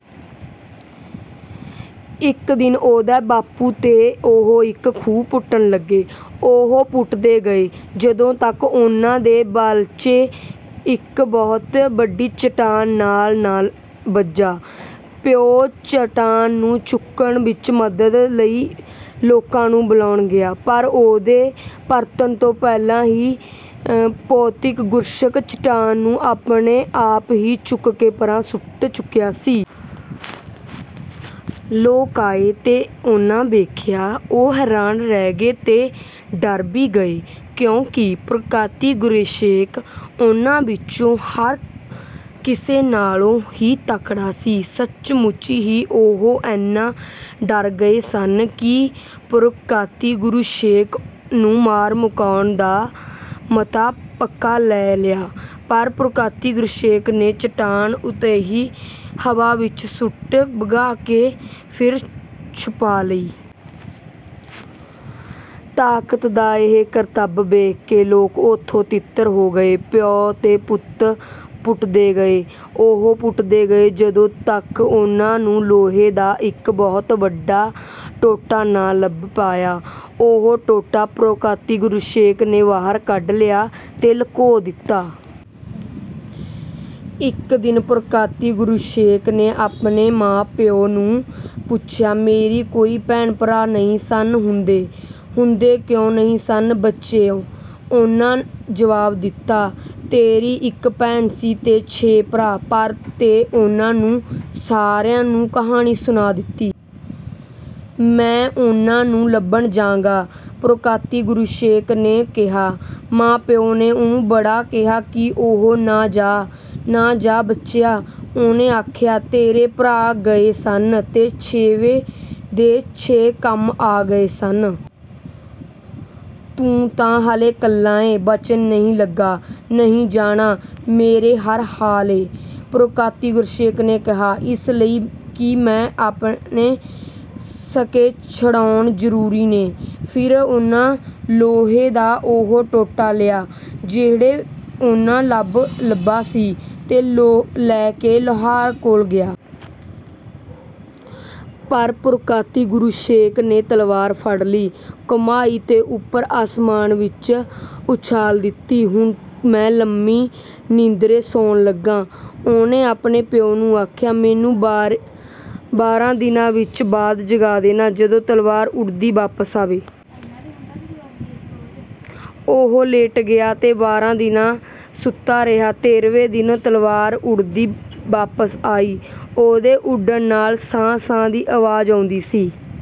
ਇੱਕ ਦਿਨ ਉਹਦਾ ਬਾਪੂ ਤੇ ਉਹ ਇੱਕ ਖੂਹ ਪੁੱਟਣ ਲੱਗੇ। ਉਹ ਪੁੱਟਦੇ ਗਏ, ਜਦੋਂ ਤੱਕ ਉਹਨਾਂ ਦੇ ਬੇਲਚੇ ਇੱਕ ਬਹੁਤ ਵੱਡੀ ਚਟਾਨ ਨਾਲ ਨਾ ਆ ਵੱਜੇ। ਪਿਓ ਚਟਾਨ ਨੂੰ ਚੁੱਕਣ ਵਿੱਚ ਮਦਦ ਲਈ ਲੋਕਾਂ ਨੂੰ ਬੁਲਾਣ ਗਿਆ, ਪਰ ਉਹਦੇ ਪਰਤਣ ਤੋਂ ਪਹਿਲਾਂ ਹੀ ਪੋਕਾਤੀ-ਗੋਰੋਸ਼ੇਕ ਚਟਾਨ ਨੂੰ ਆਪਣੇ ਆਪ ਹੀ ਚੁੱਕ ਕੇ ਪਰ੍ਹਾਂ ਸੁੱਟ ਚੁੱਕਿਆ ਸੀ। ਲੋਕ ਆਏ ਤੇ ਉਹਨਾਂ ਵੇਖਿਆ। ਉਹ ਹੈਰਾਨ ਰਹਿ ਗਏ ਤੇ ਡਰ ਵੀ ਗਏ, ਕਿਉਂਕਿ ਪੋਕਾਤੀ-ਗੋਰੋਸ਼ੇਕ ਉਹਨਾਂ ਵਿੱਚੋਂ ਹਰ ਕਿਸੇ ਨਾਲੋਂ ਬਹੁਤ ਹੀ ਤਕੜਾ ਸੀ। ਸੱਚੀ-ਮੁੱਚੀ ਹੀ, ਉਹ ਐਨਾ ਡਰ ਗਏ ਸਨ ਕਿ ਉਹਨਾਂ ਪੋਕਾਤੀ-ਗੋਰੋਸ਼ੇਕ ਨੂੰ ਮਾਰ-ਮੁਕਾਣ ਦਾ ਮਤਾ ਪੱਕਾ ਲੈ ਲਿਆ ਪਰ ਪੋਕਾਤੀ-ਗੋਰੋਸ਼ੇਕ ਨੇ ਚਟਾਨ ਉਤਾਂਹ ਹਵਾ ਵਿੱਚ ਸੁੱਟ ਵਗਾਈ ਤੇ ਫਿਰ ਛਪਾ ਲਈ। ਤਾਕਤ ਦਾ ਇਹ ਕਰਤਬ ਵੇਖ ਕੇ ਲੋਕ ਓਥੋਂ ਤਿੱਤਰ ਹੋ ਗਏ। ਪਿਓ ਤੇ ਪੁੱਤਰ ਪੁੱਟਦੇ ਗਏ। ਉਹ ਪੁੱਟਦੇ ਗਏ, ਜਦੋਂ ਤੱਕ ਉਹਨਾਂ ਨੂੰ ਲੋਹੇ ਦਾ ਇੱਕ ਬਹੁਤ ਵੱਡਾ ਟੋਟਾ ਨਾ ਲੱਭ ਪਿਆ। ਉਹ ਟੋਟਾ ਪੋਕਾਤੀ-ਗੋਰੋਸ਼ੇਕ ਨੇ ਬਾਹਰ ਕੱਢ ਲਿਆ ਤੇ ਲੁਕਾ ਦਿੱਤਾ। ਇੱਕ ਦਿਨ ਪੋਕਾਤੀ-ਗੋਰੋਸ਼ੇਕ ਨੇ ਆਪਣੇ ਮਾਂ-ਪਿਉ ਨੂੰ ਪੁੱਛਿਆ, “ਮੇਰੇ ਕੋਈ ਭੈਣ-ਭਰਾ ਨਹੀਂ ਸਨ ਹੁੰਦੇ?” “ਹੁੰਦੇ ਕਿਉਂ ਨਹੀਂ ਸਨ, ਬਚਿਉ,” ਉਹਨਾਂ ਜਵਾਬ ਦਿੱਤਾ। “ਤੇਰੀ ਇੱਕ ਭੈਣ ਸੀ ਤੇ ਛੇ ਭਰਾ, ਪਰ…” ਤੇ ਉਹਨਾਂ ਉਹਨੂੰ ਸਾਰੀ ਕਹਾਣੀ ਸੁਣਾ ਦਿੱਤੀ। “ਮੈਂ ਉਹਨਾਂ ਨੂੰ ਲੱਭਣ ਜਾਂਵਗਾ,” ਪੋਕਾਤੀ-ਗੋਰੋਸ਼ੇਕ ਨੇ ਕਿਹਾ। ਮਾਂ-ਪਿਉ ਨੇ ਉਹਨੂੰ ਬੜਾ ਕਿਹਾ ਕਿ ਉਹ ਨਾ ਜਾਵੇ। “ਨਾ ਜਾ, ਬਚਿਆ,” ਉਹਨਾਂ ਆਖਿਆ। “ਤੇਰੇ ਭਰਾ ਗਏ ਸਨ ਤੇ ਛੇਆਂ ਦੇ ਛੇਏਂ ਕੰਮ ਆ ਗਏ ਸਨ। ਤੂੰ ਤਾਂ ਹਾਲੇ ਇਕੱਲਾ ਏਂ, ਬਚਣ ਨਹੀਂ ਲੱਗਾ।” “ਨਹੀਂ, ਜਾਣਾ ਮੈਂ ਹਰ ਹਾਲੇ ਏ,” ਪੋਕਾਤੀ-ਗੋਰੋਸ਼ੇਕ ਨੇ ਕਿਹਾ। “ਇਸ ਲਈ ਕਿ ਮੈਂ ਆਪਣੇ ਸਕੇ ਛੁਡਾਣੇ ਜ਼ਰੂਰ ਨੇ।” ਫਿਰ ਉਹਨੇ ਲੋਹੇ ਦਾ ਉਹ ਟੋਟਾ ਲਿਆ, ਜਿਹੜਾ ਉਹਨੂੰ ਲੱਭਾ ਸੀ, ਤੇ ਲੈ ਕੇ ਲੁਹਾਰ ਕੋਲ ਗਿਆ। ਪਰ ਪੋਕਾਤੀ-ਗੋਰੋਸ਼ੇਕ ਨੇ ਤਲਵਾਰ ਫੜ ਲਈ, ਘੁਮਾਈ ਤੇ ਉੱਪਰ ਅਸਮਾਨ ਵਿੱਚ ਉਛਾਲ ਦਿੱਤੀ। “ਹੁਣ ਮੈਂ ਲੰਮੀ ਨੀਂਦਰੇ ਸੌਣ ਲੱਗਾਂ,” ਉਹਨੇ ਆਪਣੇ ਪਿਉ ਨੂੰ ਆਖਿਆ। “ਮੈਨੂੰ ਬਾਰਾਂ ਦਿਨਾਂ ਬਾਅਦ ਜਗਾ ਦੇਣਾ, ਜਦੋਂ ਤਲਵਾਰ ਉੱਡਦੀ ਵਾਪਸ ਆਵੇ।” ਉਹ ਲੇਟ ਗਿਆ ਤੇ ਬਾਰਾਂ ਦਿਨ ਸੁੱਤਾ ਰਿਹਾ। ਤੇਰ੍ਹਵੇਂ ਦਿਨ ਤਲਵਾਰ ਉੱਡਦੀ ਵਾਪਸ ਆਈ। ਉਹਦੇ ਉੱਡਣ ਨਾਲ ਸਾਂ-ਸਾਂ ਦੀ ਆਵਾਜ਼ ਆਉਂਦੀ ਸੀ।